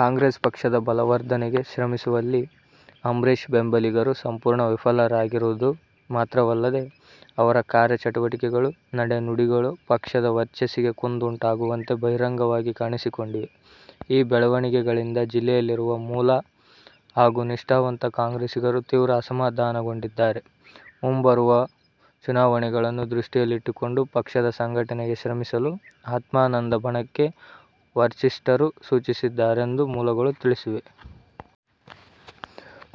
ಕಾಂಗ್ರೆಸ್ ಪಕ್ಷದ ಬಲವರ್ಧನೆಗೆ ಶ್ರಮಿಸುವಲ್ಲಿ ಅಂಬರೀಶ್ ಬೆಂಬಲಿಗರು ಸಂಪೂರ್ಣ ವಿಫಲರಾಗಿರುವುದು ಮಾತ್ರವಲ್ಲದೆ, ಅವರ ಕಾರ್ಯಚಟುವಟಿಕೆಗಳು, ನಡೆ-ನುಡಿಗಳು ಪಕ್ಷದ ವರ್ಚಸ್ಸಿಗೆ ಕುಂದುಂಟಾಗುವಂತೆ ಬಹಿರಂಗವಾಗಿ ಕಾಣಿಸಿಕೊಂಡಿವೆ. ಈ ಬೆಳವಣಿಗೆಗಳಿಂದ ಜಿಲ್ಲೆಯಲ್ಲಿರುವ ಮೂಲ ಹಾಗೂ ನಿಷ್ಠಾವಂತ ಕಾಂಗ್ರೆಸ್ಸಿಗರು ತೀವ್ರ ಅಸಮಾಧಾನಗೊಂಡಿದ್ದಾರೆ. ಮುಂಬರುವ ಚುನಾವಣೆಗಳನ್ನು ದೃಷ್ಟಿಯಲ್ಲಿಟ್ಟುಕೊಂಡು ಪಕ್ಷ ಸಂಘಟನೆಗೆ ಶ್ರಮಿಸಲು ಆತ್ಮಾನಂದ ಬಣಕ್ಕೆ ವರಿಷ್ಠರು ಸೂಚಿಸಿದ್ದಾರೆಂದು ಮೂಲಗಳು ತಿಳಿಸಿವೆ.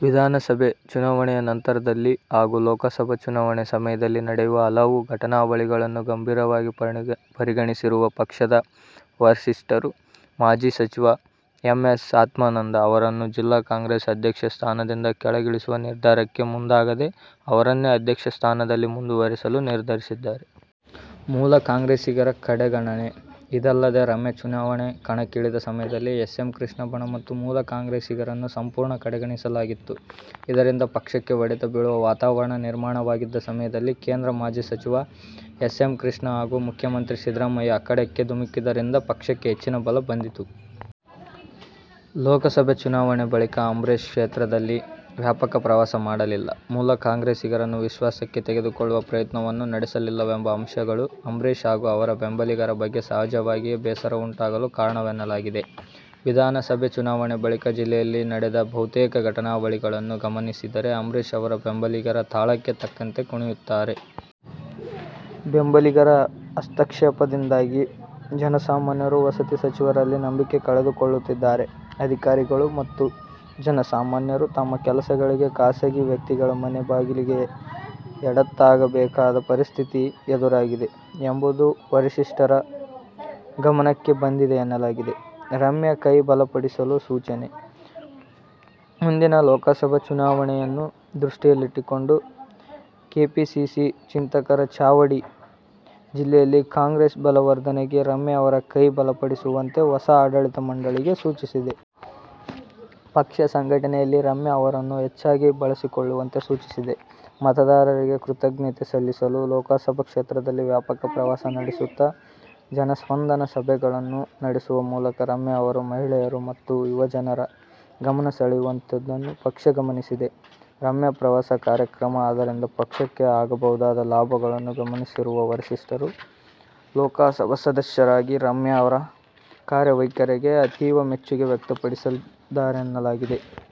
ವಿಧಾನಸಭೆ ಚುನಾವಣೆ ನಂತರದಲ್ಲಿ ಹಾಗೂ ಲೋಕಸಭಾ ಚುನಾವಣೆ ಸಮಯದಲ್ಲಿ ನಡೆದ ಹಲವು ಪ್ರಮುಖ ಘಟನಾವಳಿಗಳನ್ನು ಗಂಭೀರವಾಗಿ ಪರಿಗಣಿಸಿರುವ ಪಕ್ಷದ ವರಿಷ್ಠರು ಮಾಜಿ ಸಚಿವ ಎಂ. ಎಸ್. ಆತ್ಮಾನಂದ ಅವರನ್ನು ಜಿಲ್ಲಾ ಕಾಂಗ್ರೆಸ್ ಅಧ್ಯಕ್ಷ ಸ್ಥಾನದಿಂದ ಕೆಳಗಿಳಿಸುವ ನಿರ್ಧಾರಕ್ಕೆ ಮುಂದಾಗದೆ ಅವರನ್ನೇ ಅಧ್ಯಕ್ಷ ಸ್ಥಾನದಲ್ಲಿ ಮುಂದುವರೆಸಲು ನಿರ್ಧರಿಸಿದ್ದಾರೆ. ಮೂಲ ಕಾಂಗ್ರೆಸ್ಸಿಗರ ಕಡೆಗಣನೆ:ಇದಲ್ಲದೆ ರಮ್ಯಾ ಚುನಾವಣಾ ಕಣಕ್ಕಿಳಿದ ಸಮಯದಲ್ಲಿ ಎಸ್. ಎಂ. ಕೃಷ್ಣ ಬಣ ಮತ್ತು ಮೂಲ ಕಾಂಗ್ರೆಸ್ಸಿಗರನ್ನು ಸಂಪೂರ್ಣ ಕಡೆಗಣಿಸಲಾಗಿತ್ತು. ಇದರಿಂದ ಪಕ್ಷಕ್ಕೆ ಹೊಡೆತ ಬೀಳುವ ವಾತಾವರಣ ನಿರ್ಮಾಣವಾಗಿದ್ದ ಸಮಯದಲ್ಲಿ ಕೇಂದ್ರ ಮಾಜಿ ಸಚಿವ ಎಸ್. ಎಂ. ಕೃಷ್ಣ ಹಾಗೂ ಮುಖ್ಯಮಂತ್ರಿ ಸಿದ್ದರಾಮಯ್ಯ ಅಖಾಡಕ್ಕೆ ಧುಮುಕಿದ್ದರಿಂದ ಪಕ್ಷಕ್ಕೆ ಹೆಚ್ಚಿನ ಬಲ ಬಂದಿತು. ಲೋಕಸಭೆ ಚುನಾವಣೆ ಬಳಿಕ ಅಂಬರೀಶ್ ಕ್ಷೇತ್ರದಲ್ಲಿ ವ್ಯಾಪಕ ಪ್ರವಾಸ ಮಾಡಲಿಲ್ಲ. ಮೂಲ ಕಾಂಗ್ರೆಸ್ಸಿಗರನ್ನು ವಿಶ್ವಾಸಕ್ಕೆ ತೆಗೆದುಕೊಳ್ಳುವ ಪ್ರಯತ್ನವನ್ನೂ ನಡೆಸಲಿಲ್ಲವೆಂಬ ಅಂಶಗಳು ಅಂಬರೀಶ್ ಹಾಗೂ ಅವರ ಬೆಂಬಲಿಗರ ಬಗ್ಗೆ ಸಹಜವಾಗಿಯೇ ಬೇಸರ ಉಂಟಾಗಲು ಕಾರಣವೆನ್ನಲಾಗಿದೆ. ವಿಧಾನಸಬೆ ಚುನಾವಣೆ ಬಳಿಕ ಜಿಲ್ಲೆಯಲ್ಲಿ ನಡೆದ ಬಹುತೇಕ ಘಟನಾವಳಿಗಳನ್ನು ಗಮನಿಸಿದರೆ ಅಂಬರೀಶ್ ಅವರ ಬೆಂಬಲಿಗರ ತಾಳಕ್ಕೆ ತಕ್ಕಂತೆ ಕುಣಿಯುತ್ತಿದ್ದಾರೆ. ಬೆಂಬಲಿಗರ ಹಸ್ತಕ್ಷೇಪದಿಂದಾಗಿ ಜನಸಾಮಾನ್ಯರು ವಸತಿ ಸಚಿವರಲ್ಲಿ ನಂಬಿಕೆ ಕಳೆದುಕೊಳ್ಳುತ್ತಿದ್ದಾರೆ. ಅಧಿಕಾರಿಗಳು ಮತ್ತು ಜನಸಾಮಾನ್ಯರು ತಮ್ಮ ಕೆಲಸಗಳಿಗೆ ಖಾಸಗಿ ವ್ಯಕ್ತಿಗಳ ಮನೆ ಬಾಗಿಲಿಗೆ ಎಡತಾಕಬೇಕಾದ ಪರಿಸ್ಥಿತಿ ಎದುರಾಗಿದೆ ಎಂಬುದು ವರಿಷ್ಠರ ಗಮನಕ್ಕೆ ಬಂದಿದೆ ಎನ್ನಲಾಗಿದೆ. ರಮ್ಯಾ ಕೈ ಬಲಪಡಿಸಲು ಸೂಚನೆ:ಮುಂದಿನ ಲೋಕಸಭಾ ಚುನಾವಣೆಯನ್ನು ದೃಷ್ಟಿಯಲ್ಲಿಟ್ಟುಕೊಂಡು ಕೆಪಿಸಿಸಿ ಚಿಂತಕರ ಚಾವಡಿ ಜಿಲ್ಲೆಯಲ್ಲಿ ಕಾಂಗ್ರೆಸ್ ಬಲವರ್ಧನೆಗೆ ರಮ್ಯಾರವರ ಕೈ ಬಲಪಡಿಸುವಂತೆ ಹೊಸ ಆಡಳಿತ ಮಂಡಳಿಗೆ ಸೂಚಿಸಿದೆ. ಪಕ್ಷ ಸಂಘಟನೆಯಲ್ಲಿ ರಮ್ಯಾ ಅವರನ್ನು ಹೆಚ್ಚಾಗಿ ಬಳಸಿಕೊಳ್ಳುವಂತೆ ಸೂಚಿಸಿದೆ. ಮತದಾರರಿಗೆ ಕೃತಜ್ಞತೆ ಸಲ್ಲಿಸಲು ಲೋಕಸಬಾ ಕ್ಷೇತ್ರದಲ್ಲಿ ವ್ಯಾಪಕ ಪ್ರವಾಸ ನಡೆಸುತ್ತಾ, ಜನಸ್ಪಂದನ ಸಭೆಗಳನ್ನು ನಡೆಸುವ ಮೂಲಕ ರಮ್ಯಾರವರು ಮಹಿಳೆಯರು ಮತ್ತು ಯುವ ಜನರ ಗಮನಸೆಳೆಯುತ್ತಿರುವುದನ್ನು ಪಕ್ಷ ಗಮನಿಸಿದೆ. ರಮ್ಯಾ ಪ್ರವಾಸ ಕಾರ್ಯಕ್ರಮ, ಅದರಿಂದ ಪಕ್ಷಕ್ಕೆ ಆಗಬಹುದಾದ ಲಾಭಗಳನ್ನು ಗಮನಿಸಿರುವ ವರಿಷ್ಠರು ಲೋಕಸಭಾ ಸದಸ್ಯರಾಗಿ ರಮ್ಯಾರ ಕಾರ್ಯವೈಖರಿಗೆ ಅತೀವ ಮೆಚ್ಚುಗೆ ವ್ಯಕ್ತಪಡಿಸಿದ್ದಾರೆನ್ನಲಾಗಿದೆ.